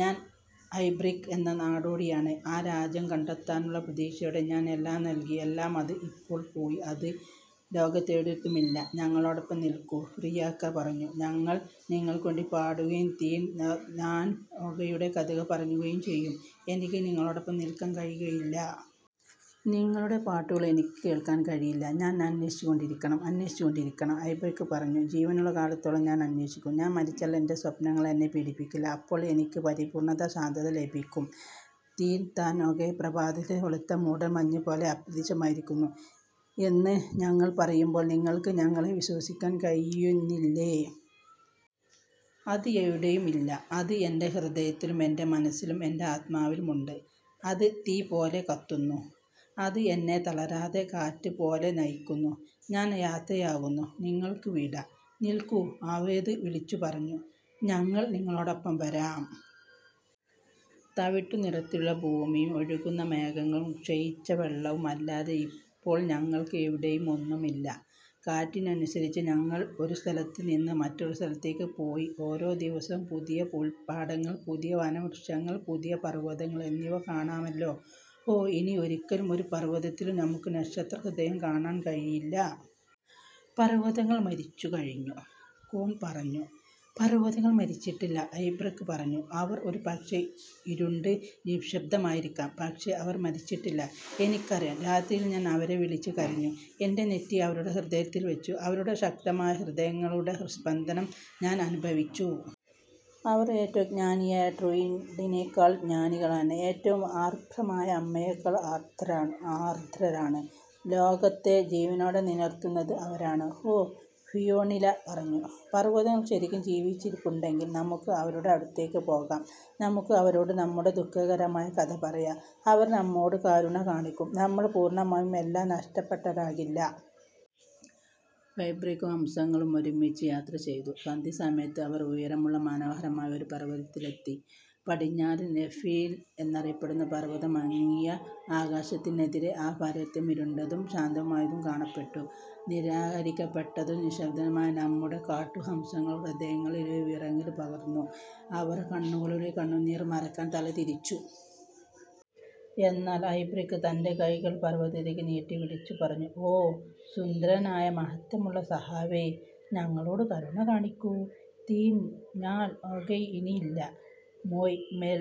ഞാൻ ഐബ്രിക് എന്ന നാടോടി ആണ്! ആ രാജ്യം കണ്ടെത്താനുള്ള പ്രതീക്ഷയോടെ ഞാൻ എല്ലാം നൽകി--എല്ലാം. അത് ഇപ്പോൾ പോയി അത് ലോകത്തൊരിടത്തും ഇല്ല! "। "ഞങ്ങളോടൊപ്പം നിൽക്കൂ," ഫിയാക്ര പറഞ്ഞു, "ഞങ്ങൾ നിങ്ങൾക്കുവേണ്ടി പാടുകയും തിർ-നാൻ-ഓഗെയുടെ കഥകൾ പറയുകയും ചെയ്യും. " "എനിക്ക് നിങ്ങളോടൊപ്പം നിൽക്കാൻ കഴിയില്ല! നിങ്ങളുടെ പാട്ടുകൾ എനിക്ക് കേൾക്കാൻ കഴിയില്ല! ഞാൻ അന്വേഷിച്ചുകൊണ്ടിരിക്കണം; അന്വേഷിച്ചുകൊണ്ടിരിക്കണം" ഐബ്രിക് പറഞ്ഞു. "ജീവനുള്ള കാലത്തോളം ഞാൻ അന്വേഷിക്കും. ഞാൻ മരിച്ചാൽ എന്റെ സ്വപ്നങ്ങൾ എന്നെ പീഡിപ്പിക്കില്ല. അപ്പോൾ എനിക്ക് പരിപൂർണ്ണ ശാന്തത ലഭിക്കും. " "തിർ-നാൻ-ഓഗെ പ്രഭാതത്തിലെ വെളുത്ത മൂടൽമഞ്ഞ് പോലെ അപ്രത്യക്ഷമായിരിക്കുന്നു എന്ന് ഞങ്ങൾ പറയുമ്പോൾ നിങ്ങൾക്ക് ഞങ്ങളെ വിശ്വസിക്കാൻ കഴിയുന്നില്ലേ? അത് എവിടെയും ഇല്ല. " "അത് എന്റെ ഹൃദയത്തിലും എന്റെ മനസ്സിലും എന്റെ ആത്മാവിലും ഉണ്ട്! അത് തീ പോലെ കത്തുന്നു! അത് എന്നെ തളരാത്ത കാറ്റ് പോലെ നയിക്കുന്നു! ഞാൻ യാത്രയാകുന്നു. നിങ്ങള്ക്ക് വിട! " "നിൽക്കൂ! " ആവോദ് വിളിച്ചുപറഞ്ഞു, "ഞങ്ങൾ നിങ്ങളോടൊപ്പം വരാം. തവിട്ടുനിറത്തിലുള്ള ഭൂമിയും ഒഴുകുന്ന മേഘങ്ങളും ക്ഷയിച്ച വെള്ളവും അല്ലാതെ ഇപ്പോൾ ഞങ്ങൾക്ക് എവിടേയും ഒന്നുമില്ല. കാറ്റിനനുസരിച്ച് നമ്മൾ ഒരു സ്ഥലത്ത് നിന്ന് മറ്റൊരിടത്തേക്ക് പോയി ഓരോ ദിവസവും പുതിയ പുല്പാടങ്ങൾ, പുതിയ വനവൃക്ഷങ്ങൾ, പുതിയ പർവതങ്ങൾ എന്നിവ കാണാമല്ലോ! ഓ, ഇനി ഒരിക്കലും ഒരു പർവതത്തിലും നമുക്ക് നക്ഷത്രഹൃദയം കാണാൻ കഴിയില്ല! " "പർവതങ്ങൾ മരിച്ചു കഴിഞ്ഞു," കോൺ പറഞ്ഞു. "പർവതങ്ങൾ മരിച്ചിട്ടില്ല," ഐബ്രിക് പറഞ്ഞു. "അവർ ഒരുപക്ഷേ ഇരുണ്ട് നിശബ്ദമായിരിക്കാം, പക്ഷേ അവർ മരിച്ചിട്ടില്ല. എനിക്കറിയാം. രാത്രിയിൽ ഞാൻ അവരെ വിളിച്ച് കരഞ്ഞു, എന്റെ നെറ്റി അവരുടെ ഹൃദയത്തിൽ വച്ചു, അവരുടെ ശക്തമായ ഹൃദയങ്ങളുടെ സ്പന്ദനം ഞാന് അനുഭവിച്ചു. അവർ ഏറ്റവും ജ്ഞാനിയായ ഡ്രൂയിഡിനേക്കാൾ ജ്ഞാനികളാണ്, ഏറ്റവും ആർദ്രമായ അമ്മയേക്കാൾ ആർദ്രരാണ്. ലോകത്തെ ജീവനോടെ നിലനിർത്തുന്നത് അവരാണ്. " "ഓ," ഫിയോണുല പറഞ്ഞു, "പർവതങ്ങൾ ശരിക്കും ജീവിച്ചിരിപ്പുണ്ടെങ്കിൽ നമുക്ക് അവരുടെ അടുത്തേക്ക് പോകാം; നമുക്ക് അവരോട് നമ്മുടെ ദുഃഖകരമായ കഥ പറയാം. അവർ നമ്മളോട് കരുണ കാണിക്കും, നമ്മൾ പൂർണ്ണമായും എല്ലാം നഷ്ടപ്പെട്ടവരാകില്ല. " ഐബ്രിക്കും ഹംസങ്ങളും ഒരുമിച്ച് യാത്ര ചെയ്തു, സന്ധ്യാസമയത്ത് അവർ ഉയരമുള്ള മനോഹരമായ ഒരു പർവതത്തിലെത്തി പടിഞ്ഞാറ് നെഫിൻ എന്നറിയപ്പെടുന്ന പർവതം. മങ്ങിയ ആകാശത്തിനെതിരെ ആ പര്വതും ഇരുണ്ടതും ശാന്തവുമായി കാണപ്പെട്ടു. നിരാകരിക്കപ്പെട്ടതും, നിശബ്ദവുമായ നമ്മുടെ കാട്ടു ഹംസങ്ങളുടെ ഹൃദയങ്ങളിൽ ഒരു വിറയല് പകർന്നു: അവർ കണ്ണുകളിലെ കണ്ണുനീർ മറയ്ക്കാൻ തല തിരിച്ചു. എന്നാൽ ഐബ്രിക് തന്റെ കൈകൾ പർവതത്തിലേക്ക് നീട്ടി വിളിച്ചുപറഞ്ഞു: "ഓ സുന്ദരനായ മഹത്വമുള്ള സഖാവേ, ഞങ്ങളോട് കരുണ കാണിക്കൂ! തിർ-നാൻ-ഓഗെ ഇനിയില്ല, മോയ്-മെൽ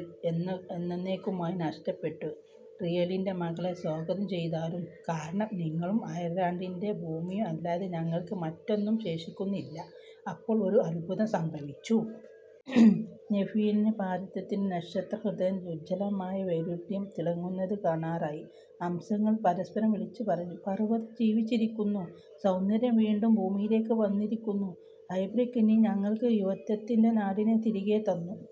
എന്നെന്നേക്കുമായി നഷ്ടപ്പെട്ടു! ലിറിന്റെ മക്കളെ സ്വാഗതം ചെയ്താലും, കാരണം നിങ്ങളും അയർലണ്ടിന്റെ ഭൂമിയും അല്ലാതെ ഞങ്ങൾക്ക് മറ്റൊന്നും ശേഷിക്കുന്നില്ല! " അപ്പോൾ ഒരു അത്ഭുതം സംഭവിച്ചു. നെഫിന് പര്വതത്തിന്റെ നക്ഷത്രഹൃദയം ഉജ്വലമായ വൈഡൂര്യം തിളങുന്നത് കാണാറായി! ഹംസങ്ങൾ പരസ്പരം വിളിച്ചുപറഞ്ഞു: "പർവ്വതം ജീവിച്ചിരിക്കുന്നു! സൗന്ദര്യം വീണ്ടും ഭൂമിയിലേക്ക് വന്നിരിക്കുന്നു! ഐബ്രിക്, നീ ഞങ്ങൾക്ക് യുവത്വത്തിന്റെ നാടിനെ തിരികെ തന്നു! "